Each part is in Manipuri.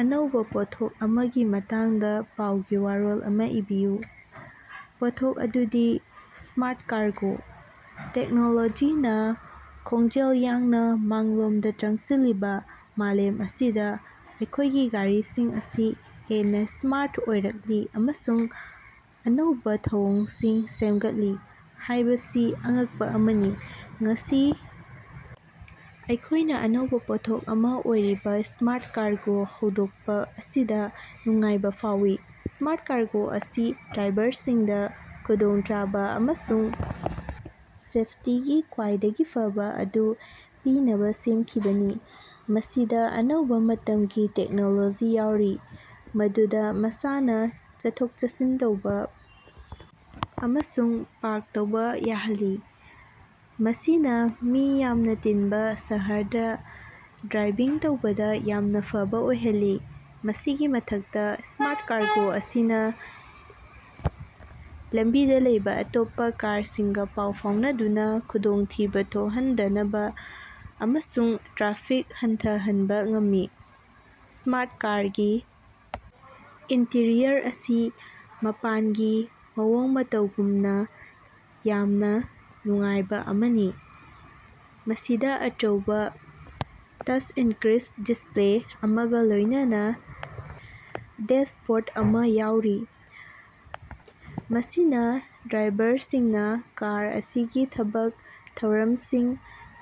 ꯑꯅꯧꯕꯥ ꯄꯣꯠꯊꯣꯛ ꯑꯃꯒꯤ ꯃꯇꯥꯡꯗ ꯄꯥꯎꯒꯤ ꯋꯥꯔꯣꯜ ꯑꯃ ꯏꯕꯤꯌꯨ꯫ ꯄꯣꯠꯊꯣꯛ ꯑꯗꯨꯗꯤ ꯁ꯭ꯃꯥꯔꯠ ꯀꯥꯔꯒꯣ꯫ ꯇꯦꯛꯅꯣꯂꯣꯖꯤꯅꯥ ꯈꯣꯡꯖꯦꯜ ꯌꯥꯡꯅ ꯃꯥꯡꯂꯣꯝꯗ ꯆꯪꯁꯤꯜꯂꯤꯕ ꯃꯥꯂꯦꯝ ꯑꯁꯤꯗ ꯑꯩꯈꯣꯏꯒꯤ ꯒꯥꯔꯤꯁꯤꯡ ꯑꯁꯤ ꯍꯦꯟꯅ ꯁ꯭ꯃꯥꯔꯠ ꯑꯣꯏꯔꯛꯂꯤ ꯑꯃꯁꯨꯡ ꯑꯅꯧꯕꯥ ꯊꯧꯑꯣꯡꯁꯤꯡ ꯁꯦꯝꯒꯠꯂꯤ ꯍꯥꯏꯕꯁꯤ ꯑꯉꯛꯄꯥ ꯑꯃꯅꯤ꯫ ꯉꯁꯤ ꯑꯩꯈꯣꯏꯅ ꯑꯅꯧꯕꯥ ꯄꯣꯠꯊꯣꯛ ꯑꯃ ꯑꯣꯏꯔꯤꯕ ꯁ꯭ꯃꯥꯔꯠ ꯀꯥꯔꯒꯣ ꯍꯧꯗꯣꯛꯄ ꯑꯁꯤꯗ ꯅꯨꯡꯉꯥꯏꯕ ꯐꯥꯎꯏ ꯫ ꯁ꯭ꯃꯥꯔꯠ ꯀꯥꯔꯒꯣ ꯑꯁꯤ ꯗ꯭ꯔꯥꯏꯚꯔꯁꯤꯡꯗ ꯈꯨꯗꯣꯡꯆꯥꯕ ꯑꯃꯁꯨꯡ ꯁꯦꯐꯇꯤꯒꯤ ꯈ꯭ꯋꯥꯏꯗꯒꯤ ꯐꯕꯥ ꯑꯗꯨ ꯄꯤꯅꯕ ꯁꯦꯝꯈꯤꯕꯅꯤ꯫ ꯃꯁꯤꯗ ꯑꯅꯧꯕ ꯃꯇꯝꯒꯤ ꯇꯦꯛꯅꯣꯂꯣꯖꯤ ꯌꯥꯎꯔꯤ ꯃꯗꯨꯅ ꯃꯁꯥꯅ ꯆꯠꯊꯣꯛ-ꯆꯠꯁꯤꯟ ꯇꯧꯕ ꯑꯃꯁꯨꯡ ꯄꯥꯔꯛ ꯇꯧꯕ ꯌꯥꯍꯜꯂꯤ, ꯃꯁꯤꯅ ꯃꯤ ꯌꯥꯝꯅ ꯇꯤꯟꯕ ꯁꯍꯔꯗ ꯗ꯭ꯔꯥꯏꯚꯤꯡ ꯇꯧꯕꯗ ꯌꯥꯝꯅ ꯐꯕ ꯑꯣꯏꯍꯜꯂꯤ꯫ ꯃꯁꯤꯒꯤ ꯃꯊꯛꯇ ꯁ꯭ꯃꯥꯔꯠ ꯀꯥꯔꯒꯣ ꯑꯁꯤꯅ ꯂꯝꯕꯤꯗ ꯂꯩꯕ ꯑꯇꯣꯞꯄ ꯀꯥꯔꯁꯤꯡꯒ ꯄꯥꯎ ꯐꯥꯎꯅꯗꯨꯅ ꯈꯨꯗꯣꯡꯊꯤꯕ ꯊꯣꯛꯍꯟꯗꯅꯕ ꯑꯃꯁꯨꯡ ꯇ꯭ꯔꯥꯐꯤꯛ ꯍꯟꯊꯍꯟꯕ ꯉꯝꯃꯤ꯫ ꯁ꯭ꯃꯥꯔꯠ ꯀꯥꯔꯒꯤ ꯏꯟꯇꯤꯔꯤꯌꯔ ꯑꯁꯤ ꯃꯄꯥꯟꯒꯤ ꯃꯑꯣꯡ ꯃꯇꯧꯒꯨꯝꯅ ꯌꯥꯝꯅ ꯅꯨꯡꯉꯥꯏꯕ ꯑꯃꯅꯤ꯫ ꯃꯁꯤꯗ ꯑꯆꯧꯕ ꯇꯆ ꯏꯁꯀ꯭ꯔꯤꯁ ꯗꯤꯁꯄꯂꯦ ꯑꯃꯒ ꯂꯣꯏꯅꯅ ꯗꯦꯁꯕꯣꯔ ꯑꯃ ꯌꯥꯎꯔꯤ, ꯃꯁꯤꯅ ꯗ꯭ꯔꯥꯏꯚꯔꯁꯤꯡꯅꯥ ꯀꯥꯔ ꯑꯁꯤꯒꯤ ꯊꯕꯛ ꯊꯧꯔꯝꯁꯤꯡ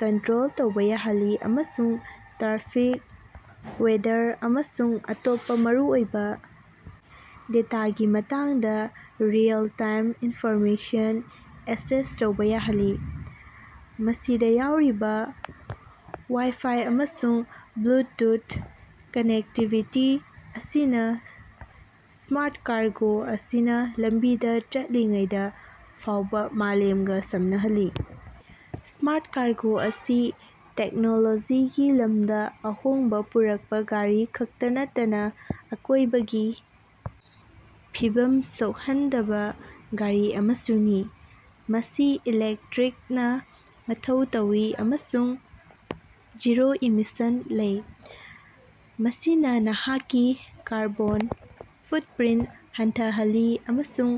ꯀꯟꯇꯔꯣꯜ ꯇꯧꯕ ꯌꯥꯍꯜꯂꯤ ꯑꯃꯁꯨꯡ ꯇ꯭ꯔꯥꯐꯤꯛ, ꯋꯦꯗꯔ ꯑꯃꯁꯨꯡ ꯑꯇꯣꯞꯄ ꯃꯔꯨꯑꯣꯏꯕ ꯗꯦꯇꯥꯒꯤ ꯃꯇꯥꯡꯗ ꯔꯤꯑꯦꯜ-ꯇꯥꯏꯝ ꯏꯟꯐꯣꯔꯃꯦꯁꯟ ꯑꯦꯛꯁꯦꯁ ꯇꯧꯕ ꯌꯥꯍꯜꯂꯤ꯫ ꯃꯁꯤꯗ ꯌꯥꯎꯔꯤꯕ ꯋꯥꯏ-ꯐꯥꯏ ꯑꯃꯁꯨꯡ ꯕ꯭ꯂꯨꯇꯨꯊ ꯀꯅꯦꯛꯇꯤꯕꯤꯇꯤ ꯑꯁꯤꯅ ꯁ꯭ꯃꯥꯔꯠ ꯀꯥꯔꯒꯣ ꯑꯁꯤꯅ ꯂꯝꯕꯤꯗ ꯆꯠꯂꯤꯉꯩꯗ ꯐꯥꯎꯕ ꯃꯥꯂꯦꯝꯒ ꯁꯝꯅꯍꯜꯂꯤ꯫ ꯁ꯭ꯃꯥꯔꯠ ꯀꯥꯔꯒꯣ ꯑꯁꯤ ꯇꯦꯛꯅꯣꯂꯣꯖꯤꯒꯤ ꯂꯝꯗ ꯑꯍꯣꯡꯕ ꯄꯨꯔꯛꯄ ꯒꯥꯔꯤ ꯈꯛꯇ ꯅꯠꯇꯅ ꯑꯀꯣꯏꯕꯒꯤ ꯐꯤꯕꯝ ꯁꯣꯛꯍꯟꯗꯕ ꯒꯥꯔꯤ ꯑꯃꯁꯨꯅꯤ꯫ ꯃꯁꯤ ꯏꯂꯦꯛꯇꯔꯤꯛꯅ ꯃꯊꯧ ꯇꯧꯏ ꯑꯃꯁꯨꯡ ꯖꯤꯔꯣ ꯏꯃꯤꯁꯟ ꯂꯩ, ꯃꯁꯤꯅ ꯅꯍꯥꯛꯀꯤ ꯀꯥꯔꯕꯣꯟ ꯐꯨꯠꯄꯔꯤꯟꯇ ꯍꯟꯊꯍꯜꯂꯤ ꯑꯃꯁꯨꯡ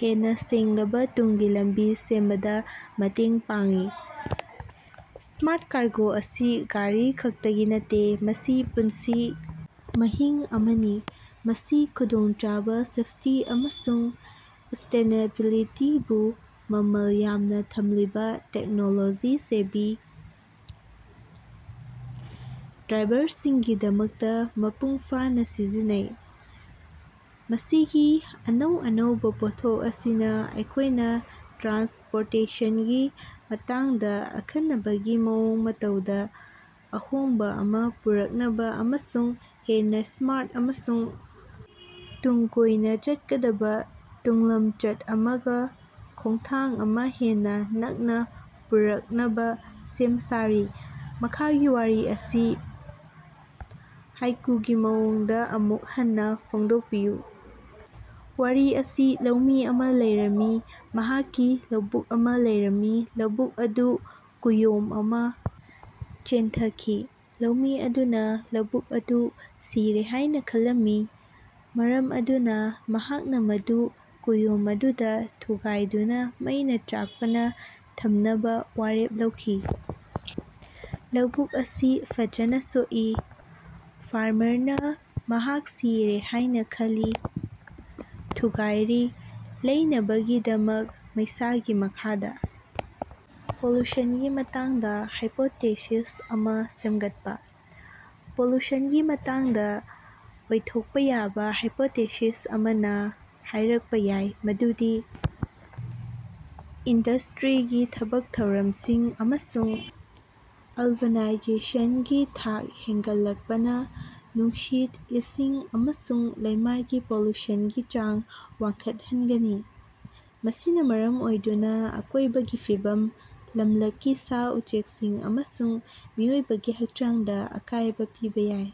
ꯍꯦꯟꯅ ꯁꯦꯡꯂꯕ ꯇꯨꯡꯒꯤ ꯂꯝꯕꯤ ꯁꯦꯝꯕꯗ ꯃꯇꯦꯡ ꯄꯥꯡꯏ꯫ ꯁ꯭ꯃꯥꯔꯠ ꯀꯥꯔꯒꯣ ꯑꯁꯤ ꯒꯥꯔꯤ ꯈꯛꯇꯒꯤ ꯅꯠꯇꯦ, ꯃꯁꯤ ꯄꯨꯟꯁꯤ ꯃꯍꯤꯡ ꯑꯃꯅꯤ꯫ ꯃꯁꯤ ꯈꯨꯗꯣꯡꯆꯥꯕ, ꯁꯦꯐꯇꯤ, ꯑꯃꯁꯨꯡ ꯁꯁ꯭ꯇꯦꯅꯦꯕꯤꯂꯤꯇꯤꯕꯨ ꯃꯃꯜ ꯌꯥꯝꯅꯥ ꯊꯝꯂꯤꯕꯥ ꯇꯦꯛꯅꯣꯂꯣꯖꯤ-ꯁꯦꯚꯤ ꯗ꯭ꯔꯥꯏꯚꯔꯁꯤꯡꯒꯤꯗꯃꯛꯇ ꯃꯄꯨꯡ ꯐꯥꯅ ꯁꯤꯖꯤꯟꯅꯩ꯫ ꯃꯁꯤꯒꯤ ꯑꯅꯧ ꯑꯅꯧꯕ ꯄꯣꯠꯊꯣꯛ ꯑꯁꯤꯅ ꯑꯩꯈꯣꯏꯅ ꯇ꯭ꯔꯥꯟꯁꯄꯣꯔꯇꯦꯁꯟꯒꯤ ꯃꯇꯥꯡꯗ ꯑꯈꯟꯅꯕꯒꯤ ꯃꯑꯣꯡ ꯃꯇꯧꯗ ꯑꯍꯣꯡꯕ ꯑꯃ ꯄꯨꯔꯛꯅꯕ ꯑꯃꯁꯨꯡ ꯍꯦꯟꯅ ꯁ꯭ꯃꯥꯔꯠ ꯑꯃꯁꯨꯡ ꯇꯨꯡ ꯀꯣꯏꯅ ꯆꯠꯀꯗꯕ ꯇꯨꯡꯂꯝꯆꯠ ꯑꯃꯒ ꯈꯣꯡꯊꯥꯡ ꯑꯃ ꯍꯦꯟꯅ ꯅꯛꯅ ꯄꯨꯔꯛꯅꯕ ꯁꯦꯝ ꯁꯥꯔꯤ꯫ ꯃꯈꯥꯒꯤ ꯋꯥꯔꯤ ꯑꯁꯤ ꯍꯥꯏꯀꯨꯒꯤ ꯃꯑꯣꯡꯗ ꯑꯃꯨꯛ ꯍꯟꯅ ꯐꯣꯡꯗꯣꯛꯄꯤꯌꯨ꯫ ꯋꯥꯔꯤ ꯑꯁꯤ ꯂꯧꯃꯤ ꯑꯃ ꯂꯩꯔꯝꯃꯤ, ꯃꯍꯥꯛꯀꯤ ꯂꯧꯕꯨꯛ ꯑꯃ ꯂꯩꯔꯝꯃꯤ꯫ ꯂꯧꯕꯨꯛ ꯑꯗꯨ ꯀꯨꯌꯣꯝ ꯑꯃ ꯆꯦꯟꯊꯈꯤ꯫ ꯂꯧꯃꯤ ꯑꯗꯨꯅ ꯂꯧꯕꯨꯛ ꯑꯗꯨ ꯁꯤꯔꯦ ꯍꯥꯏꯅ ꯈꯜꯂꯝꯃꯤ, ꯃꯔꯝ ꯑꯗꯨꯅ ꯃꯍꯥꯛꯅ ꯃꯗꯨ ꯀꯨꯌꯣꯝ ꯑꯗꯨꯗ ꯊꯨꯒꯥꯏꯗꯨꯅ ꯃꯩꯅꯥ ꯆꯥꯛꯄꯅ ꯊꯝꯅꯕ ꯋꯥꯔꯦꯞ ꯂꯧꯈꯤ꯫ ꯂꯧꯕꯨꯛ ꯑꯁꯤ ꯐꯖꯅ ꯁꯣꯛꯏ, ꯐꯥꯔꯃꯔꯅ ꯃꯍꯥꯛ ꯁꯤꯔꯦ ꯍꯥꯏꯅ ꯈꯜꯂꯤ, ꯊꯨꯒꯥꯏꯔꯤ, ꯂꯩꯅꯕꯒꯤꯗꯃꯛ ꯃꯩꯁꯥꯒꯤ ꯃꯈꯥꯗ꯫ ꯄꯣꯂꯨꯁꯟꯒꯤ ꯃꯇꯥꯡꯗ ꯍꯥꯏꯄꯣꯇꯦꯁꯤꯁ ꯑꯃ ꯁꯦꯝꯒꯠꯄ꯫ ꯄꯣꯂꯨꯁꯟꯒꯤ ꯃꯇꯥꯡꯗ ꯑꯣꯏꯊꯣꯛꯄꯥ ꯌꯥꯕꯥ ꯍꯥꯏꯄꯣꯊꯦꯁꯤꯁ ꯑꯃꯅ ꯍꯥꯏꯔꯛꯄ ꯌꯥꯏ ꯃꯗꯨꯗꯤ ꯏꯟꯗꯁ꯭ꯠꯔꯤꯒꯤ ꯊꯕꯛ ꯊꯧꯔꯝꯁꯤꯡ ꯑꯃꯁꯨꯡ ꯑꯔꯕꯥꯅꯥꯏꯖꯦꯁꯟꯒꯤ ꯊꯥꯛ ꯍꯦꯟꯒꯠꯂꯛꯄꯅ ꯅꯨꯡꯁꯤꯠ, ꯏꯁꯤꯡ ꯑꯃꯁꯨꯡ ꯂꯩꯃꯥꯏꯒꯤ ꯄꯣꯂꯨꯁꯟꯒꯤ ꯆꯥꯡ ꯋꯥꯡꯈꯠꯍꯟꯒꯅꯤ, ꯃꯁꯤꯅꯥ ꯃꯔꯝ ꯑꯣꯏꯗꯨꯅꯥ ꯑꯀꯣꯏꯕꯒꯤ ꯐꯤꯕꯝ, ꯂꯝꯂꯛꯀꯤ ꯁꯥ-ꯎꯆꯦꯛꯁꯤꯡ ꯑꯃꯁꯨꯡ ꯃꯤꯑꯣꯏꯕꯒꯤ ꯍꯛꯆꯥꯡꯗ ꯑꯀꯥꯏꯕ ꯄꯤꯕ ꯌꯥꯏ꯫